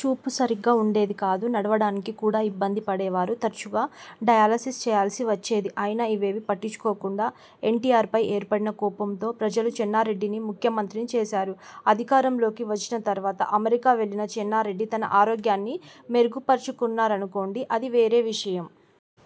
చూపు సరిగ్గా ఉండేది కాదు. నడవడానికి కూడా ఇబ్బందిపడేవారు. తరచుగా డయాలసిస్ చేయాల్సి వచ్చేది. అయినా ఇవేవీ పట్టించుకోకుండా ఎన్టీఆర్పై ఏర్పడిన కోపంతో ప్రజలు చెన్నారెడ్డిని ముఖ్యమంత్రిని చేశారు. అధికారంలోకి వచ్చిన తర్వాత అమెరికా వెళ్లిన చెన్నారెడ్డి తన ఆరోగ్యాన్ని మెరుగుపర్చుకున్నారనుకోండి. అది వేరే విషయం!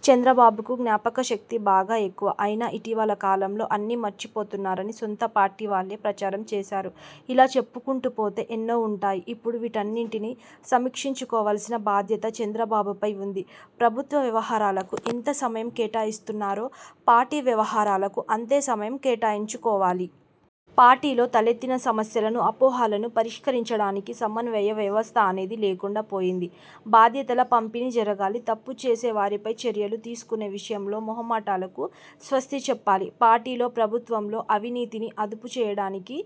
చంద్రబాబుకు జ్ఞాపకశక్తి బాగా ఎక్కువ. అయినా ఇటీవలకాలంలో అన్నీ మర్చిపోతున్నారని సొంత పార్టీ వాళ్లే ప్రచారం చేశారు. ఇలా చెప్పుకొంటూ పోతే ఎన్నో ఉంటాయి. ఇప్పుడు వీటన్నింటినీ సమీక్షించుకోవలసిన బాధ్యత చంద్రబాబుపై ఉంది. ప్రభుత్వ వ్యవహారాలకు ఎంత సమయం కేటాయిస్తున్నారో, పార్టీ వ్యవహారాలకు అంతే సమయం కేటాయించుకోవాలి. పార్టీలో తలెత్తిన సమస్యలను, అపోహలను పరిష్కరించడానికి సమన్వయ వ్యవస్థ అనేది లేకుండా పోయింది. బాధ్యతల పంపిణీ జరగాలి. తప్పు చేసేవారిపై చర్యలు తీసుకునే విషయంలో మొహమాటాలకు స్వస్తి చెప్పాలి. పార్టీలో, ప్రభుత్వంలో అవినీతిని అదుపు చేయడానికి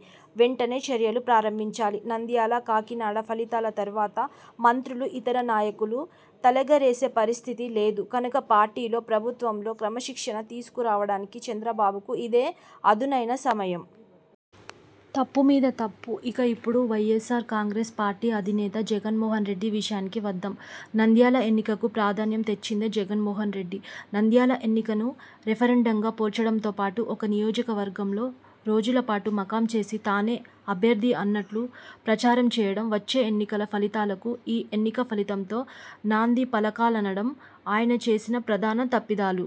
వెంటనే చర్యలు ప్రారంభించాలి. నంద్యాల, కాకినాడ ఫలితాల తర్వాత మంత్రులు, ఇతర నాయకులు తలెగరేసే పరిస్థితి లేదు కనుక పార్టీలో, ప్రభుత్వంలో క్రమశిక్షణ తీసుకురావడానికి చంద్రబాబుకు ఇదే అదునైన సమయం. తప్పు మీద తప్పు! ఇక ఇప్పుడు why. Yes. Are Congress party అధినేత జగన్మోహన్రెడ్డి విషయానికి వద్దాం. నంద్యాల ఎన్నికకు ప్రాధాన్యం తెచ్చిందే జగన్మోహన్రెడ్డి! నంద్యాల ఎన్నికను రెఫరెండంగా పోల్చడంతో పాటు, ఒక నియోజకవర్గంలో రోజులపాటు మకాం చేసి తానే అభ్యర్థి అన్నట్లు ప్రచారం చేయడం, వచ్చే ఎన్నికల ఫలితాలకు ఈ ఎన్నిక ఫలితంతో నాంది పలకాలనడం ఆయన చేసిన ప్రధాన తప్పిదాలు.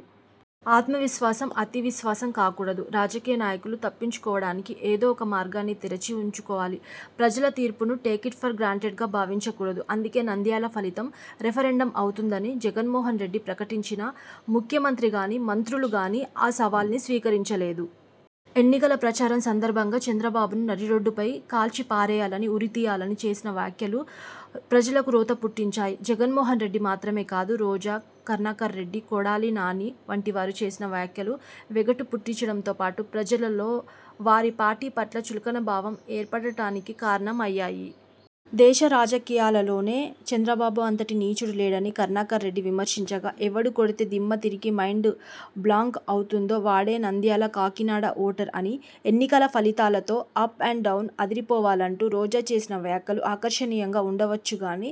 ఆత్మ విశ్వాసం అతి విశ్వాసం కాకూడదు. రాజకీయ నాయకులు తప్పించుకోవడానికి ఏదో ఒక మార్గాన్ని తెరచి ఉంచుకోవాలి. ప్రజల తీర్పును టేకిట్ ఫర్ గ్రాంటెడ్గా భావించకూడదు. అందుకే నంద్యాల ఫలితం రెఫరెండం అవుతుందని జగన్మోహన్రెడ్డి ప్రకటించినా, ముఖ్యమంత్రి గానీ, మంత్రులు గానీ ఆ సవాల్ను స్వీకరించలేదు. ఎన్నికల ప్రచారం సందర్భంగా చంద్రబాబును నడిరోడ్డుపై కాల్చిపారేయాలనీ, ఉరి తీయాలనీ చేసిన వ్యాఖ్యలు ప్రజలకు రోత పుట్టించాయి. జగన్మోహన్రెడ్డి మాత్రమే కాదు రోజా, కరుణాకర్రెడ్డి, కొడాలి నాని వంటివారు చేసిన వ్యాఖ్యలు వెగటు పుట్టించడంతో పాటు ప్రజలలో వారి పార్టీ పట్ల చులకన భావం ఏర్పడటానికి కారణం అయ్యాయి. దేశ రాజకీయాలలోనే చంద్రబాబు అంతటి నీచుడు లేడని కరుణాకర్రెడ్డి విమర్శించగా, ఎవడు కొడితే దిమ్మ తిరిగి మైండ్ బ్లాంక్ అవుతుందో వాడే నంద్యాల, కాకినాడ ఓటర్ అని, ఎన్నికల ఫలితాలతో అప్ అండ్ డౌన్ అదిరిపోవాలంటూ రోజా చేసిన వ్యాఖ్యలు ఆకర్షణీయంగా ఉండవచ్చు గానీ,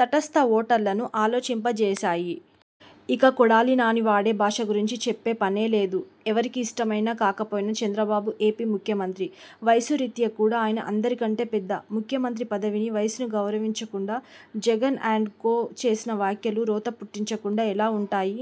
తటస్థ ఓటర్లను ఆలోచింపజేశాయి. ఇక కొడాలి నాని వాడే భాష గురించి చెప్పే పనే లేదు. ఎవరికి ఇష్టం అయినా కాకపోయినా చంద్రబాబు ఏపీ ముఖ్యమంత్రి. వయసు రీత్యా కూడా ఆయన అందరికంటే పెద్ద. ముఖ్యమంత్రి పదవిని, వయసును గౌరవించకుండా జగన్ అండ్ కో చేసిన వ్యాఖ్యలు రోత పుట్టించకుండా ఎలా ఉంటాయి?